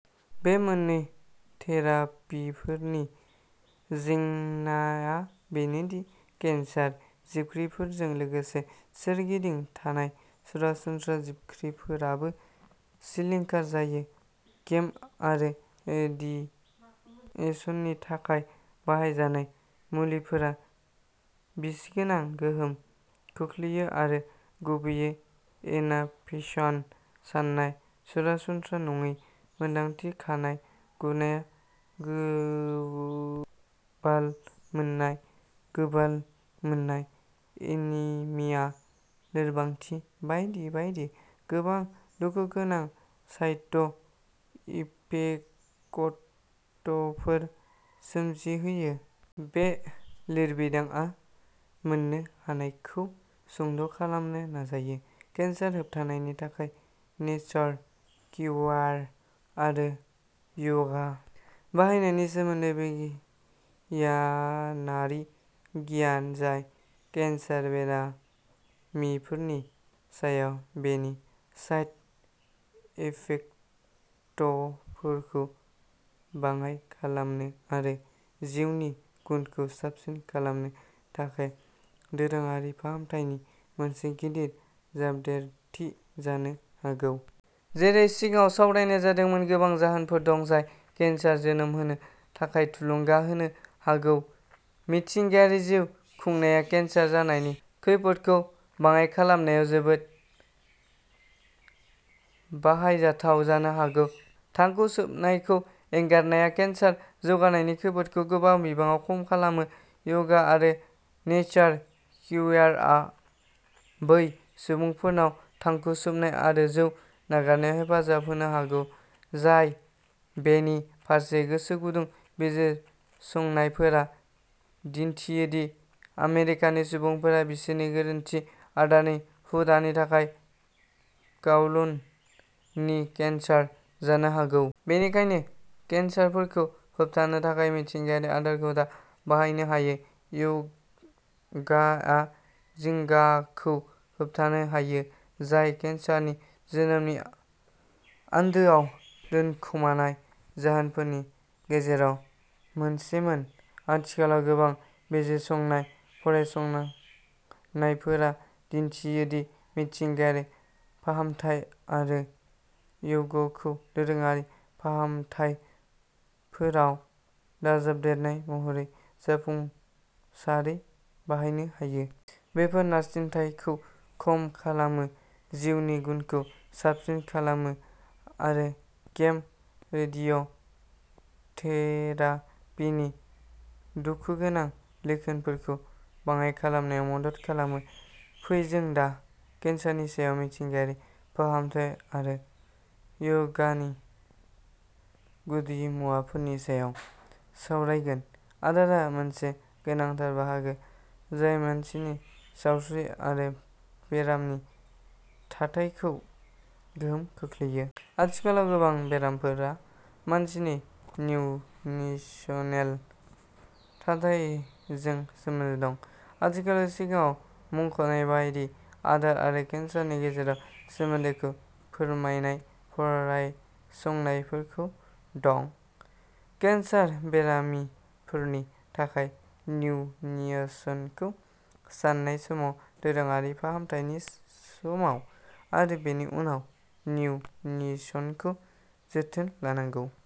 बे मोन्नै थेरापिफोरनि जेंनाआ बेनो दि केन्सार जिबख्रिफोरजों लोगोसे सोरगिदिं थानाय सरासनस्रा जिबख्रिफोराबो सिलिंखार जायो। केम आरो एडिएसननि थाखाय बाहायजानाय मुलिफोरा बिसगोनां गोहोम खोख्लैयो आरो गुबैयै एनाभेसन सानाय सरासनस्रा नङै मोन्दांथि खानाय गुनाया गोबालमोननाय गोबालमोननाय एनिमिया लोरबांथि बायदि बायदि गोबां दुखुगोनां साइट इफेकटफोर सोमजिहोयो। बे लिरबिदांआ मोन्नो हानायखौ सुंद'खालामनो नाजायो। केन्सार होबथानायनि थाखाय नेचार किउयार आरो यगा बाहायनायनि सोमोन्दै बिगियानारि गियान जाय केन्सार बेरामिफोरनि सायाव बेनि साइड इफेकटफोरखौ बाङाइ खालामनो आरो जिउनि गुनखौ साबसिन खालामनो थाखाय दोरोङारि फाहामथायनि मोनसे गिदिर जाबदेरथि जानो हागौ। जेरै सिगाङाव सावरायनाय जादोंमोन गोबां जाहोनफोर दं जाय केन्सार जोनोम होनो थाखाय थुलुंगा होनो हागौ। मिथिंगायारि जिउ खुंनाया केन्सार जानायनि खैफोदखौ बाङाय खालामनायाव जोबोद बाहायजाथाव जानो हागौ। थांखु सोबनायखौ एंगारनाया केन्सार जौगानायनि खैफोदखौ गोबां बिबाङाव खम खालामो यगा आरो नेचार किउयारआ बै सुबुंफोरनाव थांखु सोबनाय आरो जौ नागारनायाव हेफाजाब होनो हागौ जाय बेनि फारसे गोसो गुदुं बिजिरसंनायफोरा दिन्थियो दि आमेरिकानि सुबुंफोरा बिसोरनि गोरोन्थि आदारनि हुदानि थाखाय कावलन नि केन्सार जानो हागौ। बेनिखायनो केन्सारफोरखौ होबथानो थाखाय मिथिंगायारि आदारखौ दा बाहायनो हायो। यगाआ जिंगाखौ होबथानो हायो जाय केन्सारनि जोनोमनि आन्दोआव दोनखोमानाय जाहोनफोरनि गेजेराव मोनसेमोन। आथिखालाव गोबां बिजिरसंनाय फरायसंनायफोरा दिन्थियो दि मिथिंगायारि फाहामथाय आरो य'गखौ दोरोङारि फाहामथायफोराव दाजाबदेरनाय महरै जाफुंसारै बाहायनो हायो। बेफोर नारसिनथायखौ खम खालामो जिउनि गुनखौ साबसिन खालामो आरो केम रेडिय'थेरापिनि दुखुगोनां लैखोनफोरखौ बाङाइ खालामनायाव मदद खालामो। फै जों दा केन्सारनि सायाव मिथिंगायारि फाहामथाय आरो य'गानि गुदिमुवाफोरनि सायाव सावरायगोन। आदारा मोनसे गोनांथार बाहागो जाय मानसिनि सावस्रि आरो बेरामनि थाथायखौ गोहोम खोख्लैयो। आथिखालाव गोबां बेरामफोरा मानसिनि निउनिसनेल थाथायजों सोमोन्दो दं। आथिखालाव सिगाङाव मुंख'नाय बायदि आदार आरो केन्सारनि गेजेराव सोमोन्दोखौ फोरमायनाय फरायसंनायफोरखौ दं। केन्सार बेरामिफोरनि थाखाय निउनिसनखौ सान्नाय समाव दोरोङारि फाहामथायनि समाव आरो बेनि उनाव निउनिसनखौ जोथोन लानांगौ।